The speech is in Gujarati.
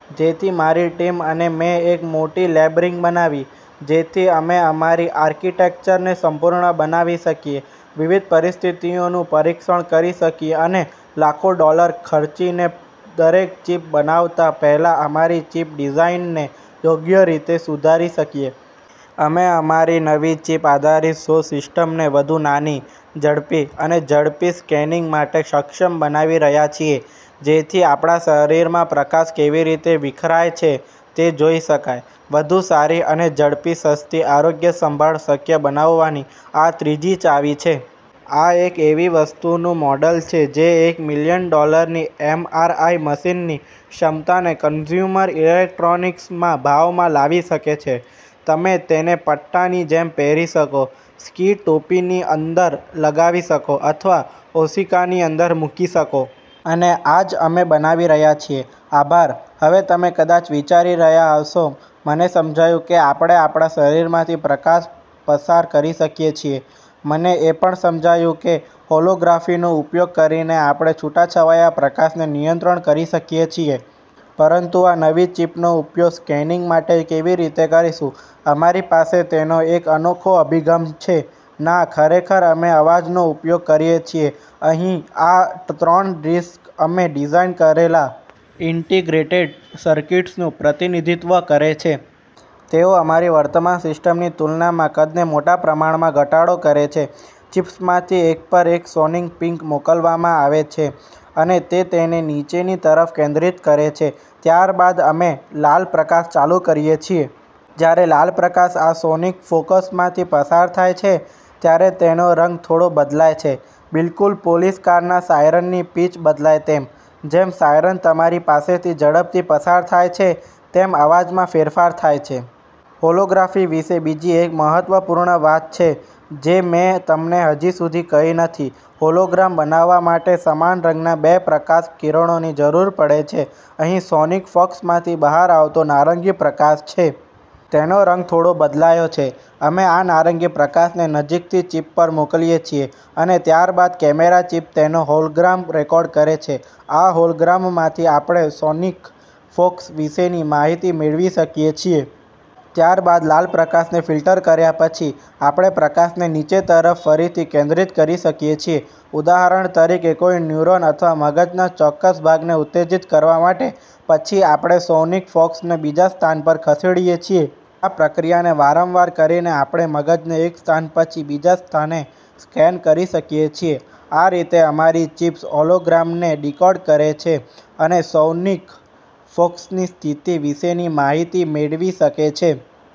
તેથી મારી ટીમ અને મેં એક મોટી લેબ રિગ બનાવી, જેથી અમે અમારી આર્કિટેક્ચરને સંપૂર્ણ બનાવી શકીએ, વિવિધ પરિસ્થિતિઓનું પરીક્ષણ કરી શકીએ અને લાખો ડોલર ખર્ચીને દરેક ચિપ બનાવતાં પહેલાં અમારી ચિપ ડિઝાઇનને યોગ્ય રીતે સુધારી શકીએ. અમે અમારી નવી ચિપ-આધારિત શોધ સિસ્ટમને વધુ નાની, ઝડપી અને ઝડપી સ્કેનિંગ માટે સક્ષમ બનાવી રહ્યા છીએ, જેથી આપણા શરીરમાં પ્રકાશ કેવી રીતે વિખેરાય છે તે જોઈ શકાય. વધુ સારી, ઝડપી અને સસ્તી આરોગ્યસંભાળ શક્ય બનાવવાની આ ત્રીજી ચાવી છે. આ એક એવી વસ્તુનું મોડેલ છે જે એક મિલિયન ડોલરની એમ આર આઈ મશીનની ક્ષમતાને કન્ઝ્યુમર ઇલેક્ટ્રોનિક્સના ભાવમાં લાવી શકે છે. તમે તેને પટ્ટાની જેમ પહેરી શકો, સ્કી ટોપીની અંદર લગાવી શકો અથવા ઓશીકાની અંદર મૂકી શકો. અને આ જ અમે બનાવી રહ્યા છીએ. આભાર! હવે તમે કદાચ વિચારી રહ્યા હશો, “મને સમજાયું કે આપણે આપણા શરીરમાંથી પ્રકાશ પસાર કરી શકીએ છીએ. મને એ પણ સમજાયું કે હોલોગ્રાફીનો ઉપયોગ કરીને આપણે છૂટાછવાયા પ્રકાશને નિયંત્રિત કરી શકીએ છીએ. પરંતુ આ નવી ચિપનો ઉપયોગ સ્કેનિંગ માટે કેવી રીતે કરીશું?” અમારી પાસે તેનો એક અનોખો અભિગમ છે. ના, ખરેખર, અમે અવાજનો ઉપયોગ કરીએ છીએ. અહીં આ ત્રણ ડિસ્ક અમે ડિઝાઇન કરેલા ઇન્ટિગ્રેટેડ સર્કિટ્સનું પ્રતિનિધિત્વ કરે છે. તેઓ અમારી વર્તમાન સિસ્ટમની તુલનામાં કદને મોટા પ્રમાણમાં ઘટાડે છે. ચિપ્સમાંથી એક પર એક સોનિક પિંગ મોકલવામાં આવે છે અને તે તેને નીચેની તરફ કેન્દ્રિત કરે છે. ત્યારબાદ અમે લાલ પ્રકાશ ચાલુ કરીએ છીએ. જ્યારે લાલ પ્રકાશ આ સોનિક ફોકસમાંથી પસાર થાય છે, ત્યારે તેનો રંગ થોડો બદલાય છે, બિલકુલ પોલીસ કારના સાયરનની પિચ બદલાય તેમ. જેમ સાયરન તમારી પાસેથી ઝડપથી પસાર થાય છે, તેમ અવાજમાં ફેરફાર થાય છે. હોલોગ્રાફી વિશે બીજી એક મહત્વપૂર્ણ વાત છે જે મેં તમને હજી સુધી કહી નથી. હોલોગ્રામ બનાવવા માટે સમાન રંગના બે પ્રકાશ કિરણોની જરૂર પડે છે. અહીં સોનિક ફોકસમાંથી બહાર આવતો નારંગી પ્રકાશ છે. તેનો રંગ થોડો બદલાયો છે. અમે આ નારંગી પ્રકાશને નજીકની ચિપ પર મોકલીએ છીએ અને ત્યારબાદ કેમેરા ચિપ તેનો હોલોગ્રામ રેકોર્ડ કરે છે. આ હોલોગ્રામમાંથી આપણે સોનિક ફોકસ વિશેની માહિતી મેળવી શકીએ છીએ. ત્યારબાદ, લાલ પ્રકાશને ફિલ્ટર કર્યા પછી, આપણે પ્રકાશને નીચેની તરફ ફરીથી કેન્દ્રિત કરી શકીએ છીએ, ઉદાહરણ તરીકે, કોઈ ન્યુરોન અથવા મગજના ચોક્કસ ભાગને ઉત્તેજિત કરવા માટે પછી આપણે સોનિક ફોકસને બીજા સ્થાન પર ખસેડીએ છીએ. આ પ્રક્રિયાને વારંવાર કરીને આપણે મગજને એક સ્થાન પછી બીજા સ્થાને સ્કેન કરી શકીએ છીએ. આ રીતે અમારી ચિપ્સ હોલોગ્રામને ડિકોડ કરે છે અને સોનિક ફોકસની સ્થિતિ વિશેની માહિતી મેળવી શકે છે.